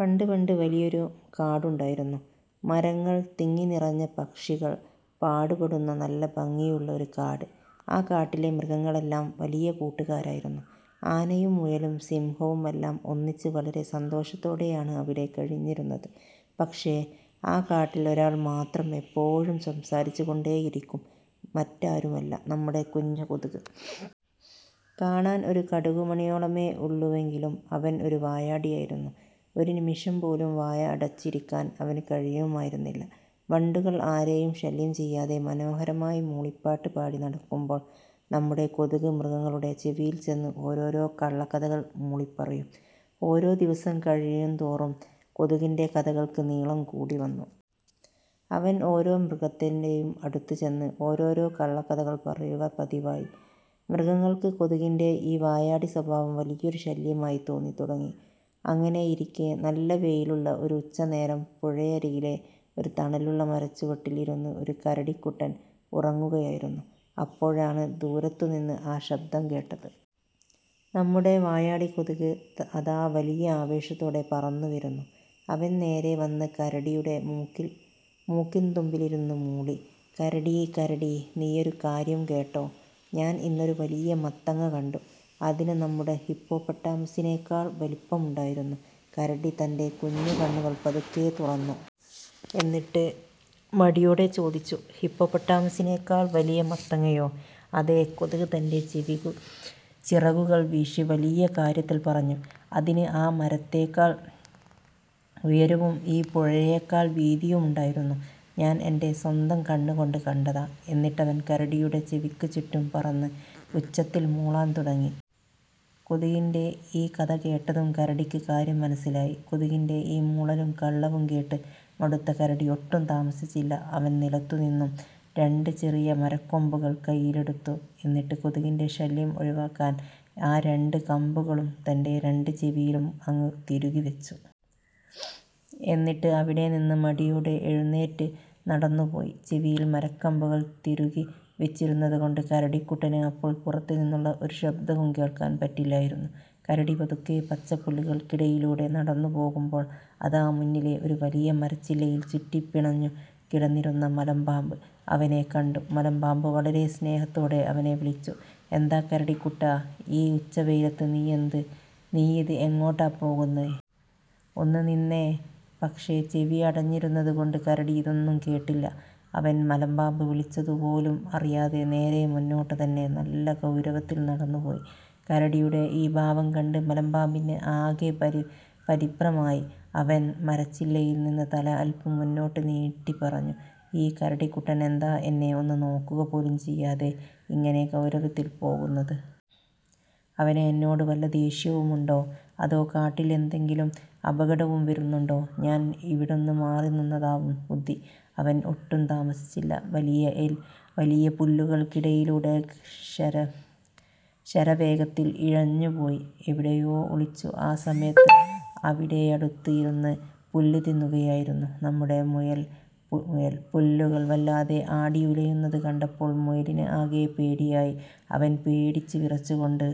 പണ്ട് പണ്ട്, വലിയൊരു കാടുണ്ടായിരുന്നു. മരങ്ങൾ തിങ്ങിനിറഞ്ഞ, പക്ഷികൾ പാട്ടുപാടുന്ന, നല്ല ഭംഗിയുള്ള ഒരു കാട്. ആ കാട്ടിലെ മൃഗങ്ങളെല്ലാം വലിയ കൂട്ടുകാരായിരുന്നു. ആനയും മുയലും സിംഹവുമെല്ലാം ഒന്നിച്ച് വളരെ സന്തോഷത്തോടെയാണ് അവിടെ കഴിഞ്ഞിരുന്നത്. പക്ഷേ, ആ കാട്ടിൽ ഒരാൾ മാത്രം എപ്പോഴും സംസാരിച്ചുകൊണ്ടേയിരിക്കും. മറ്റാരുമല്ല, നമ്മുടെ കുഞ്ഞു കൊതുക്! കാണാൻ ഒരു കടുക് മണിയോളമേ ഉള്ളൂവെങ്കിലും അവൻ ഒരു വായാടിയായിരുന്നു. ഒരു നിമിഷം പോലും വായ അടച്ചിരിക്കാൻ അവന് കഴിയുമായിരുന്നില്ല. വണ്ടുകൾ ആരെയും ശല്യം ചെയ്യാതെ മനോഹരമായി മൂളിപ്പാട്ട് പാടി നടക്കുമ്പോൾ, നമ്മുടെ കൊതുക് മൃഗങ്ങളുടെ ചെവിയിൽ ചെന്ന് ഓരോരോ കള്ളക്കഥകൾ മൂളിപ്പറയും! ഓരോ ദിവസം കഴിയുന്തോറും കൊതുകിന്റെ കഥകൾക്ക് നീളം കൂടിവന്നു. അവൻ ഓരോ മൃഗത്തിന്റെയും അടുത്ത് ചെന്ന് ഓരോരോ കള്ളക്കഥകൾ പറയുക പതിവായി. മൃഗങ്ങൾക്ക് കൊതുകിന്റെ ഈ വായാടി സ്വഭാവം വലിയൊരു ശല്യമായി തോന്നിത്തുടങ്ങി. അങ്ങനെയിരിക്കെ നല്ല വെയിലുള്ള ഒരു ഉച്ചനേരം പുഴയ്ക്കരികിലെ ഒരു തണലുള്ള മരച്ചുവട്ടിൽ ഇരുന്ന് ഒരു കരടിക്കുട്ടൻ ഉറങ്ങുകയായിരുന്നു. അപ്പോഴാണ് ദൂരത്തു നിന്ന് ആ ശബ്ദം കേട്ടത്! നമ്മുടെ വായാടി കൊതുക് അതാ വലിയ ആവേശത്തോടെ പറന്നു വരുന്നു! അവൻ നേരെ വന്ന് കരടിയുടെ മൂക്കിൻതുമ്പിലിരുന്ന് മൂളി: "കരടീ, കരടീ… നീയൊരു കാര്യം കേട്ടോ? ഞാൻ ഇന്നൊരു വലിയ മത്തങ്ങ കണ്ടു! അതിന് നമ്മുടെ ഹിപ്പോപ്പൊട്ടാമസിനേക്കാൾ വലിപ്പമുണ്ടായിരുന്നു! " കരടി തന്റെ കുഞ്ഞു കണ്ണുകൾ പതുക്കെ തുറന്നു. എന്നിട്ട് മടിയോടെ ചോദിച്ചു: "ഹിപ്പോപ്പൊട്ടാമസിനേക്കാൾ വലിയ മത്തങ്ങയോ? " "അതെ! " കൊതുക് തന്റെ ചിറകുകൾ വീശി വലിയ കാര്യത്തിൽ പറഞ്ഞു. "അതിന് ആ മരത്തേക്കാൾ ഉയരവും ഈ പുഴയേക്കാൾ വീതിയുമുണ്ടായിരുന്നു! ഞാൻ എന്റെ സ്വന്തം കണ്ണുകൊണ്ട് കണ്ടതാ! " എന്നിട്ടവൻ കരടിയുടെ ചെവിക്ക് ചുറ്റും പറന്ന് ഉച്ചത്തിൽ മൂളാൻ തുടങ്ങി. കൊതുകിന്റെ ഈ കഥ കേട്ടതും കരടിക്ക് കാര്യം മനസ്സിലായി. കൊതുകിന്റെ ഈ മൂളലും കള്ളവും കേട്ട് മടുത്ത കരടി ഒട്ടും താമസിച്ചില്ല; അവൻ നിലത്തുനിന്നും രണ്ട് ചെറിയ മരക്കമ്പുകൾ കൈയിലെടുത്തു. എന്നിട്ട്, കൊതുകിന്റെ ശല്യം ഒഴിവാക്കാൻ ആ രണ്ട് കമ്പുകളും തന്റെ രണ്ട് ചെവിയിലും അങ്ങ് തിരുകി വെച്ചു! എന്നിട്ട് അവിടെനിന്ന് മടിയോടെ എഴുന്നേറ്റ് നടന്നുപോയി. ചെവിയിൽ മരക്കമ്പുകൾ തിരുകി വച്ചിരുന്നതു കൊണ്ട് കരടിക്കുട്ടന് അപ്പോൾ പുറത്തുനിന്നുള്ള ഒരു ശബ്ദവും കേൾക്കാൻ പറ്റില്ലായിരുന്നു. കരടി പതുക്കെ പച്ചപ്പുല്ലുകൾക്കിടയിലൂടെ നടന്നു പോകുമ്പോൾ, അതാ മുന്നിലെ ഒരു വലിയ മരച്ചില്ലയിൽ ചുറ്റിപ്പിണഞ്ഞു കിടന്നിരുന്ന മലമ്പാമ്പ് അവനെ കണ്ടു. മലമ്പാമ്പ് വളരെ സ്നേഹത്തോടെ അവനെ വിളിച്ചു: "എന്താ കരടിക്കുട്ടാ, ഈ ഉച്ചവെയിലത്ത് നീയിത് എങ്ങോട്ടാ പോകുന്നേ? ഒന്ന് നിന്നേ… " പക്ഷേ, ചെവി അടഞ്ഞിരുന്നതു കൊണ്ട് കരടി ഇതൊന്നും കേട്ടില്ല. അവൻ മലമ്പാമ്പ് വിളിച്ചതു പോലും അറിയാതെ, നേരെ മുന്നോട്ട് തന്നെ നല്ല ഗൗരവത്തിൽ നടന്നുപോയി. കരടിയുടെ ഈ ഭാവം കണ്ട് മലമ്പാമ്പിന് ആകെ പരിഭ്രമമായി! അവൻ മരച്ചില്ലയിൽ നിന്ന് തല അല്പം മുന്നോട്ട് നീട്ടി പറഞ്ഞു "ഈ കരടിക്കുട്ടൻ എന്താ എന്നെ ഒന്ന് നോക്കുക പോലും ചെയ്യാതെ ഇങ്ങനെ ഗൗരവത്തിൽ പോകുന്നത്? അവന് എന്നോട് വല്ല ദേഷ്യവുമുണ്ടോ? അതോ, കാട്ടിൽ എന്തെങ്കിലും അപകടവും വരുന്നുണ്ടോ? ഞാൻ ഇവിടുന്ന് മാറുന്നതാവും ബുദ്ധി! " അവൻ ഒട്ടും താമസിച്ചില്ല; വലിയ പുല്ലുകൾക്കിടയിലൂടെ ശരവേഗത്തിൽ ഇഴഞ്ഞുപോയി എവിടെയോ ഒളിച്ചു. ആ സമയത്ത് അവിടെയടുത്ത് ഇരുന്ന് പുല്ല് തിന്നുകയായിരുന്നു നമ്മുടെ മുയൽ. പുല്ലുകൾ വല്ലാതെ ആടിയുലയുന്നത് കണ്ടപ്പോൾ മുയലിന് ആകെ പേടിയായി! അവൻ പേടിച്ച് വിറച്ചു കൊണ്ട്